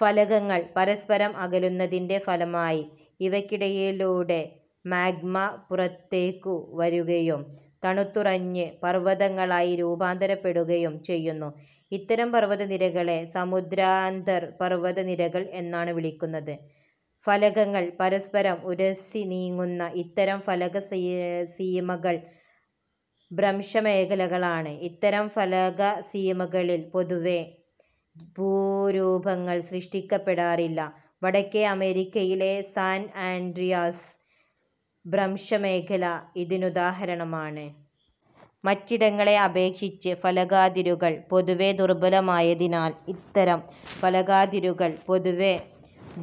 ഫലകങ്ങൾ പരസ്പരം അകലുന്നതിന്റെ ഫലമായി ഇവയ്ക്കിടയിലൂടെ മാഗ്മ പുറത്തേക്കു വരുകയും തണുത്തുറഞ്ഞ് പർവതങ്ങളായി രൂപാന്തരപ്പെടുകയും ചെയ്യുന്നു. ഇത്തരം പർവതനിരകളെ സമുദ്രാന്തർ പർവത നിരകൾ എന്നാണ് വിളിക്കുന്നത്. ഫലകങ്ങൾ പരസ്പരം ഉരസിനീങ്ങുന്ന ഇത്തരം ഫലക സീമകൾ ഭ്രംശമേഖലകളാണ്. ഇത്തരം ഫലകസീമകളിൽ പൊതുവെ ഭൂരൂപങ്ങൾ സൃഷ്ടിക്കപ്പെടാറില്ല. വടക്കേ അമേരിക്കയിലെ സാൻ ആൻഡ്രിയാസ് ഭ്രംശമേഖല ഇതിനുദാഹരണമാണ്. മറ്റിടങ്ങളെ അപേക്ഷിച്ച് ഫലകാതിരുകൾ പൊതുവെ ദുർബലമായതിനാൽ ഇത്തരം ഫലകാതിരുകൾ പൊതുവെ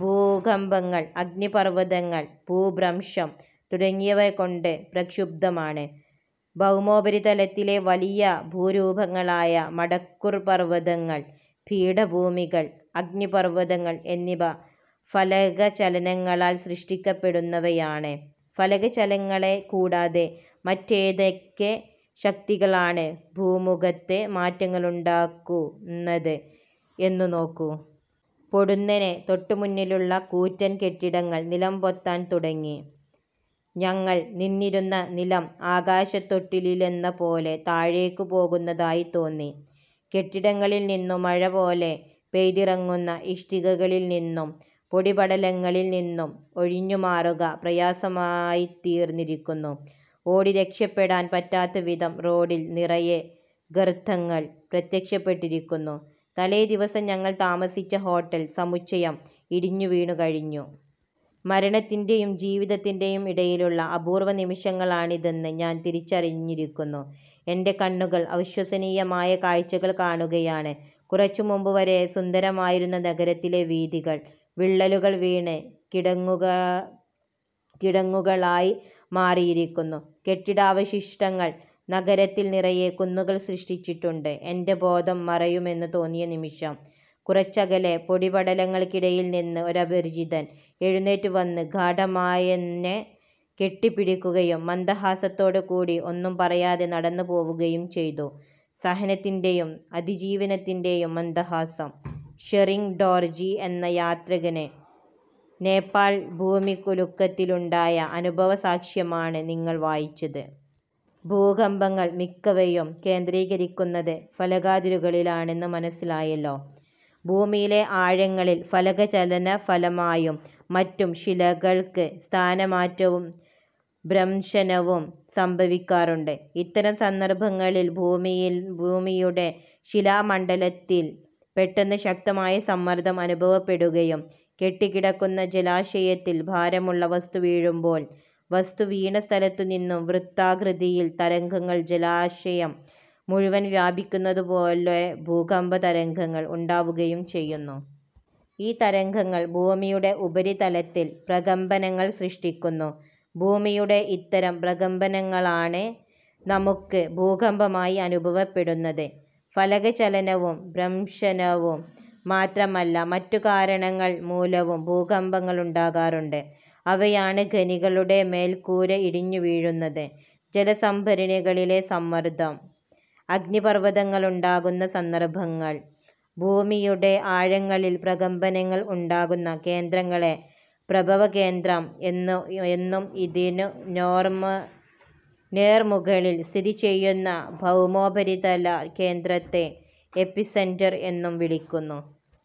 ഭൂകമ്പങ്ങൾ, അഗ്നി പർവതങ്ങൾ, ഭൂഭ്രംശം തുടങ്ങിയവകൊണ്ട് പ്രക്ഷുബ്ധമാണ്. ഭൗമോപരിതലത്തിലെ വലിയ ഭൂരൂപങ്ങളായ മടക്കുപർവതങ്ങൾ, പീഠഭൂമികൾ, അഗ്നിപർവതങ്ങൾ എന്നിവ ഫലക ചലനങ്ങളാൽ സൃഷ്ടിക്കപ്പെടുന്നവയാണ്. ഫലകചലനങ്ങളെ കൂടാതെ മറ്റേതൊക്കെ ശക്തികളാണ് ഭൂമുഖത്ത് മാറ്റങ്ങളുണ്ടാക്കു ന്നത് എന്നു നോക്കൂ. പൊടുന്നനെ തൊട്ടുമുന്നിലുള്ള കൂറ്റൻ കെട്ടിടങ്ങൾ നിലംപൊത്താൻ തുട ങ്ങി. ഞങ്ങൾ നിന്നിരുന്ന നിലം ആകാശത്തൊട്ടിലിലെന്നപോലെ താഴേക്കു പോകുന്നതായി തോന്നി. കെട്ടിടങ്ങളിൽനിന്നു മഴപോലെ പെയ്തിറങ്ങുന്ന ഇഷ്ടികകളിൽനിന്നും പൊടിപടലങ്ങളിൽനിന്നും ഒഴിഞ്ഞുമാറുക പ്രയാസമായിത്തീർന്നിരിക്കുന്നു. ഓടി രക്ഷപ്പെടാൻ പറ്റാത്തവിധം റോഡിൽ നിറയെ ഗർത്തങ്ങൾ പ്രത്യക്ഷപ്പെട്ടിരിക്കുന്നു. തലേദിവസം ഞങ്ങൾ താമസിച്ച ഹോട്ടൽ സമുച്ചയം ഇടിഞ്ഞു വീണുകഴിഞ്ഞു. മരണത്തിന്റെയും ജീവിതത്തിന്റെയും ഇടയിലുള്ള അപൂർവനിമിഷങ്ങളാണിതെന്ന് ഞാൻ തിരിച്ചറിഞ്ഞിരിക്കുന്നു. എന്റെ കണ്ണുകൾ അവിശ്വസനീയമായ കാഴ്ചകൾ കാണുകയാണ്. കുറച്ചു മുമ്പു വരെ സുന്ദരമായിരുന്ന നഗരത്തിലെ വീഥികൾ വിള്ളലുകൾ വീണ് കിടങ്ങുകളായി മാറിയിരിക്കുന്നു. കെട്ടിടാവശിഷ്ടങ്ങൾ നഗരത്തിൽ നിറയെ കുന്നുകൾ സൃഷ്ടിച്ചിട്ടുണ്ട്. എന്റെ ബോധം മറയുമെന്ന് തോന്നിയ നിമിഷം, കുറച്ചകലെ പൊടിപടലങ്ങൾക്കിടയിൽ നിന്ന് ഒരപരിചിതൻ എഴുന്നേറ്റു വന്ന് ഗാഢമായെന്നെ കെട്ടിപ്പിടിക്കുകയും മന്ദഹാസത്തോടുകൂടി ഒന്നും പറയാതെ നടന്നുപോവുകയും ചെയ്തു; സഹനത്തിന്റെയും അതിജീവനത്തിന്റെയും മന്ദഹാസം, ഷെറിങ് ഡോർജി എന്ന യാത്രികന് നേപ്പാൾ ഭൂമികുലുക്കത്തിലുണ്ടായ അനുഭവസാക്ഷ്യമാണ് നിങ്ങൾ വായിച്ചത്. ഭൂകമ്പങ്ങൾ മിക്കവയും കേന്ദ്രീകരിക്കുന്നത് ഫലകാതിരുകളിലാണെന്ന് മന സ്സിലായില്ലോ? ഭൂമിയുടെ ആഴങ്ങളിൽ ഫലകചലനഫലമായും മറ്റും ശിലകൾക്ക് സ്ഥാനമാറ്റവും ഭ്രംശനവും സംഭവിക്കാറുണ്ട്. ഇത്തരം സന്ദർഭങ്ങളിൽ ഭൂമിയുടെ ശിലാ മണ്ഡലത്തിൽ പെട്ടെന്ന് ശക്തമായ സമ്മർദം അനുഭവപ്പെടുകയും കെട്ടിക്കിടക്കുന്ന ജലാശയത്തിൽ ഭാരമുള്ള വസ്തു വീഴുമ്പോൾ വസ്തു വീണ സ്ഥലത്തുനിന്നു വൃത്താകൃതിയിൽ തരംഗങ്ങൾ ജലാശയം മുഴുവൻ വ്യാപിക്കുന്നതുപോലെ ഭൂകമ്പതരംഗങ്ങൾ ഉണ്ടാവുകയും ചെയ്യുന്നു. ഈ തരംഗങ്ങൾ ഭൂമിയുടെ ഉപരിതലത്തിൽ പ്രകമ്പനങ്ങൾ സൃഷ്ടിക്കുന്നു. ഭൂമിയുടെ ഇത്തരം പ്രകമ്പനങ്ങളാണ് നമുക്ക് ഭൂകമ്പമായി അനുഭവപ്പെടുന്നത്. ഫലകചലനവും ഭ്രംശനവും മാത്രമല്ല, മറ്റു കാരണങ്ങൾ മൂലവും ഭൂകമ്പങ്ങ ളുണ്ടാകാറുണ്ട്. അവയാണ്, ഖനികളുടെ മേൽക്കൂര ഇടിഞ്ഞുവീഴുന്നത്. ജലസംഭരണികളിലെ സമ്മർദം. അഗ്നിപർവതങ്ങളുണ്ടാകുന്ന സന്ദർഭങ്ങൾ. ഭൂമിയുടെ ആഴങ്ങളിൽ പ്രകമ്പനങ്ങൾ ഉണ്ടാകുന്ന കേന്ദ്രങ്ങളെ പ്രഭവകേന്ദ്രം എന്നും ഇതിനു നേർമുകളിൽ സ്ഥിതിചെയ്യുന്ന ഭൗമോപരിതല കേന്ദ്രത്തെ എപ്പിസെന്റർ എന്നും വിളിക്കുന്നു.